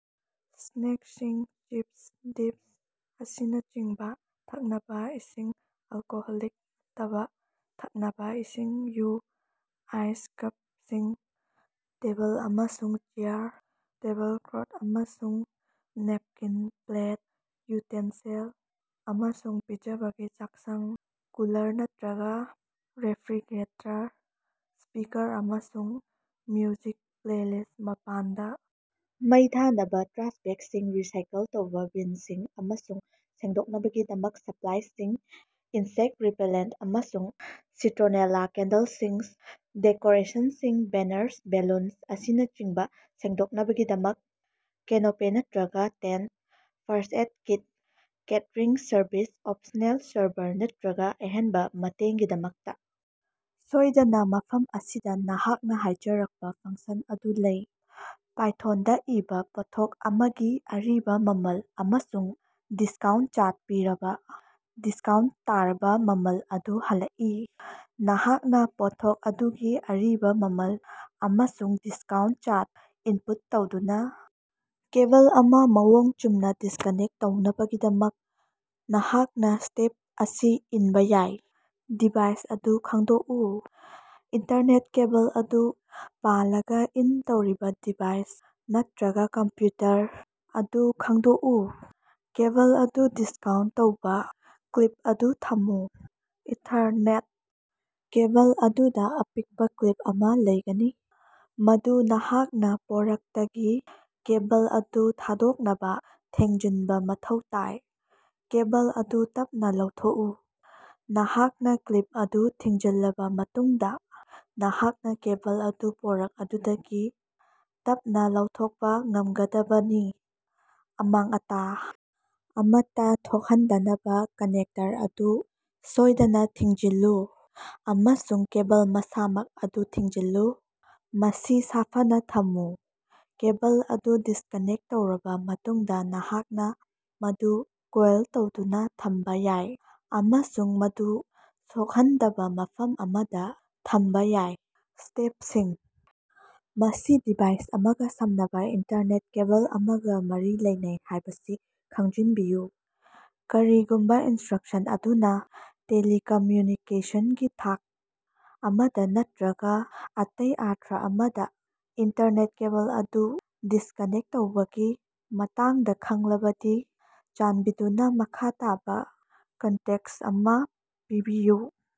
Snacking (chips, dips, ꯑꯁꯤꯅꯆꯤꯡꯕ) ꯊꯛꯅꯕ ꯏꯁꯤꯡ (ꯑꯜꯀꯣꯍꯣꯂꯤꯛ ꯅꯠꯇꯕ ꯊꯛꯅꯕ ꯏꯁꯤꯡ, ꯌꯨ, ꯑꯥꯏꯁ, ꯀꯞꯁꯤꯡ) ꯇꯦꯕꯜ ꯑꯃꯁꯨꯡ ꯆꯦꯌꯔ ꯇꯦꯕꯜ ꯀ꯭ꯂꯣꯊ ꯑꯃꯁꯨꯡ ꯅꯦꯞꯀꯤꯟ ꯄ꯭ꯂꯦꯠ, ꯌꯨꯇꯦꯟꯁꯤꯜ, ꯑꯃꯁꯨꯡ ꯄꯤꯖꯕꯒꯤ ꯆꯥꯛꯁꯪ ꯀꯨꯂꯔ ꯅꯠꯇ꯭ꯔꯒ ꯔꯦꯐ꯭ꯔꯤꯖꯔꯦꯇꯔ ꯁ꯭ꯄꯤꯀꯔ ꯑꯃꯁꯨꯡ ꯃ꯭ꯌꯨꯖꯤꯛ ꯄ꯭ꯂꯦꯂꯤꯁ ꯃꯄꯥꯟꯗ ꯃꯩ ꯊꯥꯅꯕ ꯇ꯭ꯔꯥꯁ ꯕꯦꯒꯁꯤꯡ, ꯔꯤꯁꯥꯏꯀꯜ ꯇꯧꯕ ꯕꯤꯟꯁꯤꯡ, ꯑꯃꯁꯨꯡ ꯁꯦꯡꯗꯣꯛꯅꯕꯒꯤꯗꯃꯛ ꯁꯄ꯭ꯂꯥꯏꯁꯤꯡ ꯏꯟꯁꯦꯛ ꯔꯤꯄꯦꯂꯦꯟꯠ ꯑꯃꯁꯨꯡ ꯁꯤꯇ꯭ꯔꯣꯅꯦꯂꯥ ꯀꯦꯟꯗꯜꯁꯤꯡ ꯗꯦꯀꯣꯔꯦꯁꯟꯁꯤꯡ (ꯕꯦꯅꯔꯁ, ꯕꯦꯂꯨꯟꯁꯤꯡ, ꯑꯁꯤꯅꯆꯤꯡꯕ) ꯁꯦꯡꯗꯣꯛꯅꯕꯒꯤꯗꯃꯛ ꯀꯦꯅꯣꯄꯦ ꯅꯠꯇ꯭ꯔꯒ tent first aid kit catering service (optional) server ꯅꯠꯇ꯭ꯔꯒ ꯑꯍꯦꯟꯕ ꯃꯇꯦꯡꯒꯤꯗꯃꯛꯇ꯫ ꯁꯣꯏꯗꯅ, ꯃꯐꯝ ꯑꯁꯤꯗ ꯅꯍꯥꯛꯅ ꯍꯥꯏꯖꯔꯛꯄ ꯐꯪꯁꯟ ꯑꯗꯨ ꯂꯩ, ꯄꯥꯏꯊꯣꯟꯗ ꯏꯕ, ꯄꯣꯠꯊꯣꯛ ꯑꯃꯒꯤ ꯑꯔꯤꯕ ꯃꯃꯜ ꯑꯃꯁꯨꯡ ꯗꯤꯁꯀꯥꯎꯟꯠ ꯆꯥꯗ ꯄꯤꯔꯕ ꯗꯤꯁꯀꯥꯎꯟꯠ ꯇꯥꯔꯕ ꯃꯃꯜ ꯑꯗꯨ ꯍꯜꯂꯛꯏ꯫ ꯅꯍꯥꯛꯅ ꯄꯣꯠꯊꯣꯛ ꯑꯗꯨꯒꯤ ꯑꯔꯤꯕ ꯃꯃꯜ ꯑꯃꯁꯨꯡ ꯗꯤꯁꯀꯥꯎꯟꯠ ꯆꯥꯗ ꯏꯟꯄꯨꯠ ꯇꯧꯗꯨꯅ ꯀꯦꯕꯜ ꯑꯃ ꯃꯑꯣꯡ ꯆꯨꯝꯅ ꯗꯤꯁꯀꯅꯦꯛ ꯇꯧꯅꯕꯒꯤꯗꯃꯛ, ꯅꯍꯥꯛꯅ ꯁ꯭ꯇꯦꯞ ꯑꯁꯤ ꯏꯟꯕ ꯌꯥꯏ: ꯗꯤꯚꯥꯏꯁ ꯑꯗꯨ ꯈꯪꯗꯣꯛꯎ: ꯏꯟꯇꯔꯅꯦꯠ ꯀꯦꯕꯜ ꯑꯗꯨ ꯄ꯭ꯂꯒ ꯏꯟ ꯇꯧꯔꯤꯕ ꯗꯤꯚꯥꯏꯁ ꯅꯠꯇ꯭ꯔꯒ ꯀꯝꯄ꯭ꯌꯨꯇꯔ ꯑꯗꯨ ꯈꯪꯗꯣꯛꯎ꯫ ꯀꯦꯕꯜ ꯑꯗꯨ ꯗꯤꯁꯀꯥꯎꯟ ꯇꯧꯕ꯫ ꯀ꯭ꯂꯤꯞ ꯑꯗꯨ ꯊꯝꯃꯨ: ꯏꯊꯥꯔꯅꯦꯠ ꯀꯦꯕꯜ ꯑꯗꯨꯗ ꯑꯄꯤꯛꯄ ꯀ꯭ꯂꯤꯞ ꯑꯃ ꯂꯩꯒꯅꯤ, ꯃꯗꯨ ꯅꯍꯥꯛꯅ ꯄꯣꯔꯠꯇꯒꯤ ꯀꯦꯕꯜ ꯑꯗꯨ ꯊꯥꯗꯣꯛꯅꯕ ꯊꯤꯡꯖꯤꯟꯕ ꯃꯊꯧ ꯇꯥꯏ꯫ ꯀꯦꯕꯜ ꯑꯗꯨ ꯇꯞꯅ ꯂꯧꯊꯣꯛꯎ: ꯅꯍꯥꯛꯅ ꯀ꯭ꯂꯤꯞ ꯑꯗꯨ ꯊꯤꯡꯖꯤꯜꯂꯕ ꯃꯇꯨꯡꯗ, ꯅꯍꯥꯛꯅ ꯀꯦꯕꯜ ꯑꯗꯨ ꯄꯣꯔꯠ ꯑꯗꯨꯗꯒꯤ ꯇꯞꯅ ꯂꯧꯊꯣꯛꯄ ꯉꯝꯒꯗꯕꯅꯤ꯫ ꯑꯃꯥꯡ-ꯑꯇꯥ ꯑꯃꯠꯇ ꯊꯣꯛꯍꯟꯗꯅꯕ ꯀꯅꯦꯛꯇꯔ ꯑꯗꯨ ꯁꯣꯏꯗꯅ ꯊꯤꯡꯖꯤꯜꯂꯨ ꯑꯃꯁꯨꯡ ꯀꯦꯕꯜ ꯃꯁꯥꯃꯛ ꯑꯗꯨ ꯊꯤꯡꯖꯤꯜꯂꯨ꯫ ꯃꯁꯤ ꯁꯥꯐꯅ ꯊꯝꯃꯨ: ꯀꯦꯕꯜ ꯑꯗꯨ ꯗꯤꯁꯀꯅꯦꯛꯇ ꯇꯧꯔꯕ ꯃꯇꯨꯡꯗ, ꯅꯍꯥꯛꯅ ꯃꯗꯨ ꯀꯣꯏꯜ ꯇꯧꯗꯨꯅ ꯊꯝꯕ ꯌꯥꯏ ꯑꯃꯁꯨꯡ ꯃꯗꯨ ꯁꯣꯛꯍꯟꯗꯕ ꯃꯐꯝ ꯑꯃꯗ ꯊꯝꯕ ꯌꯥꯏ꯫ ꯁ꯭ꯇꯦꯞꯁꯤꯡ ꯃꯁꯤ ꯗꯤꯚꯥꯏꯁ ꯑꯃꯒ ꯁꯝꯅꯕ ꯏꯟꯇꯔꯅꯦꯠ ꯀꯦꯕꯜ ꯑꯃꯒ ꯃꯔꯤ ꯂꯩꯅꯩ ꯍꯥꯏꯕꯁꯤ ꯈꯪꯖꯤꯟꯕꯤꯌꯨ꯫ ꯀꯔꯤꯒꯨꯝꯕ ꯏꯟꯁꯇ꯭ꯔꯛꯁꯟ ꯑꯗꯨꯅ ꯇꯦꯂꯤꯀꯃ꯭ꯌꯨꯅꯤꯀꯦꯁꯟꯒꯤ ꯊꯥꯛ ꯑꯃꯗ ꯅꯠꯇ꯭ꯔꯒ ꯑꯇꯩ ꯑꯔꯊ ꯑꯃꯗ ꯏꯟꯇꯔꯅꯦꯠ ꯀꯦꯕꯜ ꯑꯗꯨ ꯗꯤꯁꯀꯅꯦꯛ ꯇꯧꯕꯒꯤ ꯃꯇꯥꯡꯗ ꯈꯪꯂꯕꯗꯤ ꯆꯥꯟꯕꯤꯗꯨꯅ ꯃꯈꯥ ꯇꯥꯕ ꯀꯟꯇꯦꯛꯁ ꯑꯃ ꯄꯤꯕꯤꯌꯨ꯫